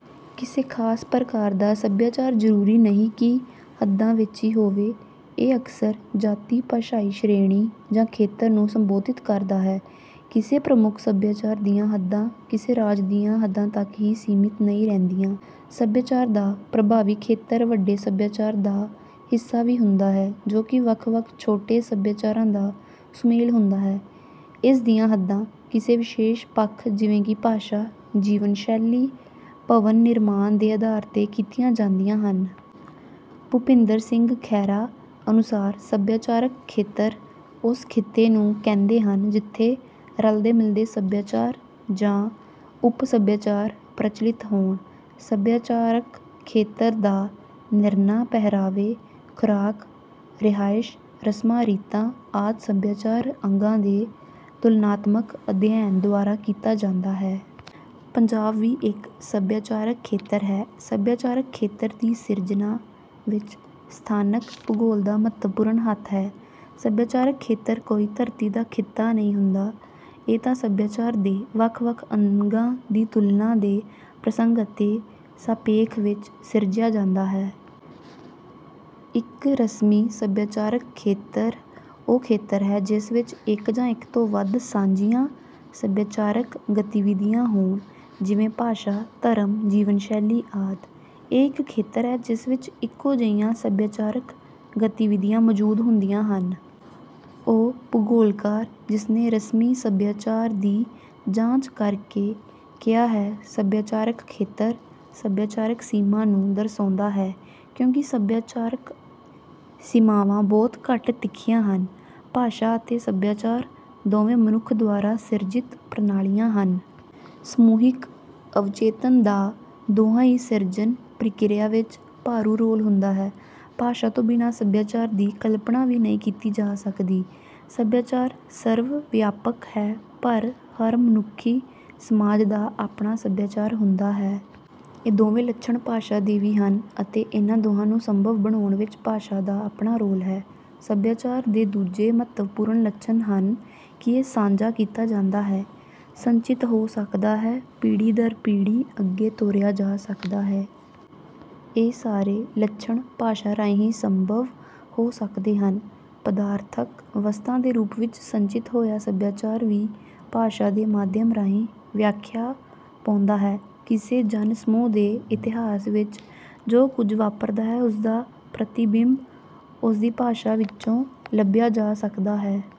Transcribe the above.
ਕਿਸੇ ਖਾਸ ਪ੍ਰਕਾਰ ਦਾ ਸਭਿਆਚਾਰ ਜ਼ਰੂਰੀ ਨਹੀਂ ਕਿ ਹੱਦਾਂ ਵਿੱਚ ਹੀ ਹੋਵੇ। ਇਹ ਅਕਸਰ ਜਾਤੀ-ਭਾਸ਼ਾਈ ਸ਼੍ਰੇਣੀ ਜਾਂ ਖੇਤਰ ਨੂੰ ਸੰਬੋਧਿਤ ਕਰਦਾ ਹੈ। ਕਿਸੇ ਪ੍ਰਮੁੱਖ ਸਭਿਆਚਾਰ ਦੀਆਂ ਹੱਦਾਂ ਕਿਸੇ ਰਾਜ ਦੀਆਂ ਹੱਦਾਂ ਤੱਕ ਹੀ ਸੀਮਿਤ ਨਹੀਂ ਰਹਿੰਦੀਆਂ। ਸਭਿਆਚਾਰ ਦਾ ਪ੍ਰਭਾਵੀ ਖੇਤਰ ਵੱਡੇ ਸਭਿਆਚਾਰ ਦਾ ਹਿੱਸਾ ਵੀ ਹੁੰਦਾ ਹੈ, ਜੋ ਕਿ ਵੱਖ-ਵੱਖ ਛੋਟੇ ਸਭਿਆਚਾਰਾਂ ਦਾ ਸੁਮੇਲ ਹੁੰਦਾ ਹੈ। ਇਸ ਦੀਆਂ ਹੱਦਾਂ ਕਿਸੇ ਵਿਸ਼ੇਸ਼ ਪੱਖ ਜਿਵੇਂ ਕਿ ਭਾਸ਼ਾ, ਜੀਵਨ ਸ਼ੈਲੀ, ਭਵਨ ਨਿਰਮਾਣ ਦੇ ਆਧਾਰ 'ਤੇ ਕੀਤੀਆਂ ਜਾਂਦੀਆਂ ਹਨ। ਭੁਪਿੰਦਰ ਸਿੰਘ ਖਹਿਰਾ ਅਨੁਸਾਰ ਸਭਿਆਚਾਰਕ ਖੇਤਰ ਉਸ ਖਿੱਤੇ ਨੂੰ ਕਹਿੰਦੇ ਹਨ, ਜਿੱਥੇ ਰਲਦੇ-ਮਿਲਦੇ ਸਭਿਆਚਾਰ ਜਾਂ ਉੱਪ-ਸਭਿਆਚਾਰ ਪ੍ਰਚਲਿਤ ਹੋਣ। ਸਭਿਆਚਾਰਕ ਖੇਤਰ ਦਾ ਨਿਰਣਾ ਪਹਿਰਾਵੇ, ਖੁਰਾਕ, ਰਿਹਾਇਸ਼, ਰਸਮਾਂ-ਰੀਤਾਂ ਆਦਿ ਸਭਿਆਚਾਰਕ ਅੰਗਾਂ ਦੇ ਤੁਲਨਾਤਮਕ ਅਧਿਐਨ ਦੁਆਰਾ ਕੀਤਾ ਜਾਂਦਾ ਹੈ। ਪੰਜਾਬ ਵੀ ਇੱਕ ਸਭਿਆਚਾਰਕ ਖੇਤਰ ਹੈ। ਸਭਿਆਚਾਰਕ ਖੇਤਰ ਦੀ ਸਿਰਜਣਾ ਵਿੱਚ ਸਥਾਨਕ ਭੂਗੋਲ ਦਾ ਮਹੱਤਵਪੂਰਨ ਹੱਥ ਹੈ। ਸਭਿਆਚਾਰਕ ਖੇਤਰ ਕੋਈ ਧਰਤੀ ਦਾ ਖਿੱਤਾ ਨਹੀਂ ਹੁੰਦਾ। ਇਹ ਤਾਂ ਸਭਿਆਚਾਰ ਦੇ ਵੱਖ-ਵੱਖ ਅੰਗਾਂ ਦੀ ਤੁਲਨਾ ਦੇ ਪ੍ਰਸੰਗ ਅਤੇ ਸਾਪੇਖ ਵਿੱਚ ਸਿਰਜਿਆ ਜਾਂਦਾ ਹੈ। ਇੱਕ ਰਸਮੀ ਸਭਿਆਚਾਰਕ ਖੇਤਰ ਉਹ ਖੇਤਰ ਹੈ, ਜਿਸ ਵਿੱਚ ਇੱਕ ਜਾਂ ਇੱਕ ਤੋਂ ਵੱਧ ਸਾਂਝੀਆਂ ਸਭਿਆਚਾਰਕ ਗਤੀਵਿਧੀਆਂ ਹੋਣ, ਜਿਵੇਂ - ਭਾਸ਼ਾ, ਧਰਮ, ਜੀਵਨ ਸ਼ੈਲੀ ਆਦਿ। ਇਹ ਇੱਕ ਖੇਤਰ ਹੈ, ਜਿਸ ਵਿੱਚ ਇੱਕੋ ਜਿਹੀਆਂ ਸਭਿਆਚਾਰਕ ਗਤੀਵਿਧੀਆਂ ਮੌਜੂਦ ਹੁੰਦੀਆਂ ਹਨ। ਉਹ ਭੂਗੋਲਕਾਰ, ਜਿਸਨੇ ਰਸਮੀ ਸਭਿਆਚਾਰ ਦੀ ਜਾਂਚ ਕਰ ਕੇ ਕਿਹਾ ਕਿ ਸਭਿਆਚਾਰਕ ਖੇਤਰ, ਸਭਿਆਚਾਰਕ ਸੀਮਾ ਨੂੰ ਦਰਸਾਉਂਦਾ ਹੈ, ਕਿਉਂਕਿ ਸਭਿਆਚਾਰਕ ਸੀਮਾਵਾਂ ਬਹੁਤ ਘੱਟ ਤਿੱਖੀਆਂ ਹਨ। ਭਾਸ਼ਾ ਅਤੇ ਸਭਿਆਚਾਰ ਦੋਵੇਂ ਮਨੁੱਖ ਦੁਆਰਾ ਸਿਰਜਿਤ ਪ੍ਰਣਾਲੀਆਂ ਹਨ। ਸਮੂਹਿਕ ਅਵਚੇਤਨ ਦਾ ਦੋਹਾਂ ਦੀ ਸਿਰਜਣ ਪ੍ਰਕਿਰਿਆ ਵਿੱਚ ਭਾਰੂ ਰੋਲ ਹੁੰਦਾ ਹੈ। ਭਾਸ਼ਾ ਤੋਂ ਬਿਨਾਂ ਸਭਿਆਚਾਰ ਦੀ ਕਲਪਨਾ ਵੀ ਨਹੀਂ ਕੀਤੀ ਜਾ ਸਕਦੀ। ਸਭਿਆਚਾਰ ਸਰਵ-ਵਿਆਪਕ ਹੈ, ਪਰ ਹਰ ਮਨੁੱਖੀ ਸਮਾਜ ਦਾ ਆਪਣਾ ਸਭਿਆਚਾਰ ਹੁੰਦਾ ਹੈ। ਇਹ ਦੋਵੇਂ ਲੱਛਣ ਭਾਸ਼ਾ ਦੇ ਵੀ ਹਨ ਅਤੇ ਇਹਨਾਂ ਦੋਹਾਂ ਨੂੰ ਸੰਭਵ ਬਣਾਉਣ ਵਿੱਚ ਭਾਸ਼ਾ ਦਾ ਆਪਣਾ ਰੋਲ ਹੈ। ਸਭਿਆਚਾਰ ਦੇ ਦੂਜੇ ਮਹੱਤਵਪੂਰਨ ਲੱਛਣ ਹਨ ਕਿ ਇਹ ਸਾਂਝਾ ਕੀਤਾ ਜਾਂਦਾ ਹੈ, ਸੰਚਿਤ ਹੋ ਸਕਦਾ ਹੈ, ਪੀੜ੍ਹੀ ਦਰ ਪੀੜ੍ਹੀ ਅੱਗੇ ਤੋਰਿਆ ਜਾ ਸਕਦਾ ਹੈ। ਇਹ ਸਾਰੇ ਲੱਛਣ ਭਾਸ਼ਾ ਰਾਹੀਂ ਹੀ ਸੰਭਵ ਹੋ ਸਕਦੇ ਹਨ। ਪਦਾਰਥਕ ਵਸਤਾਂ ਦੇ ਰੂਪ ਵਿੱਚ ਸੰਚਿਤ ਹੋਇਆ ਸਭਿਆਚਾਰ ਵੀ ਭਾਸ਼ਾ ਦੇ ਮਾਧਿਅਮ ਰਾਹੀਂ ਵਿਆਖਿਆ ਪਾਉਂਦਾ ਹੈ। ਕਿਸੇ ਜਨ-ਸਮੂਹ ਦੇ ਇਤਿਹਾਸ ਵਿੱਚ ਜੋ ਕੁਝ ਵਾਪਰਦਾ ਹੈ, ਉਸ ਦਾ ਪ੍ਰਤਿਬਿੰਬ ਉਸ ਦੀ ਭਾਸ਼ਾ ਵਿੱਚੋਂ ਲੱਭਿਆ ਜਾ ਸਕਦਾ ਹੈ।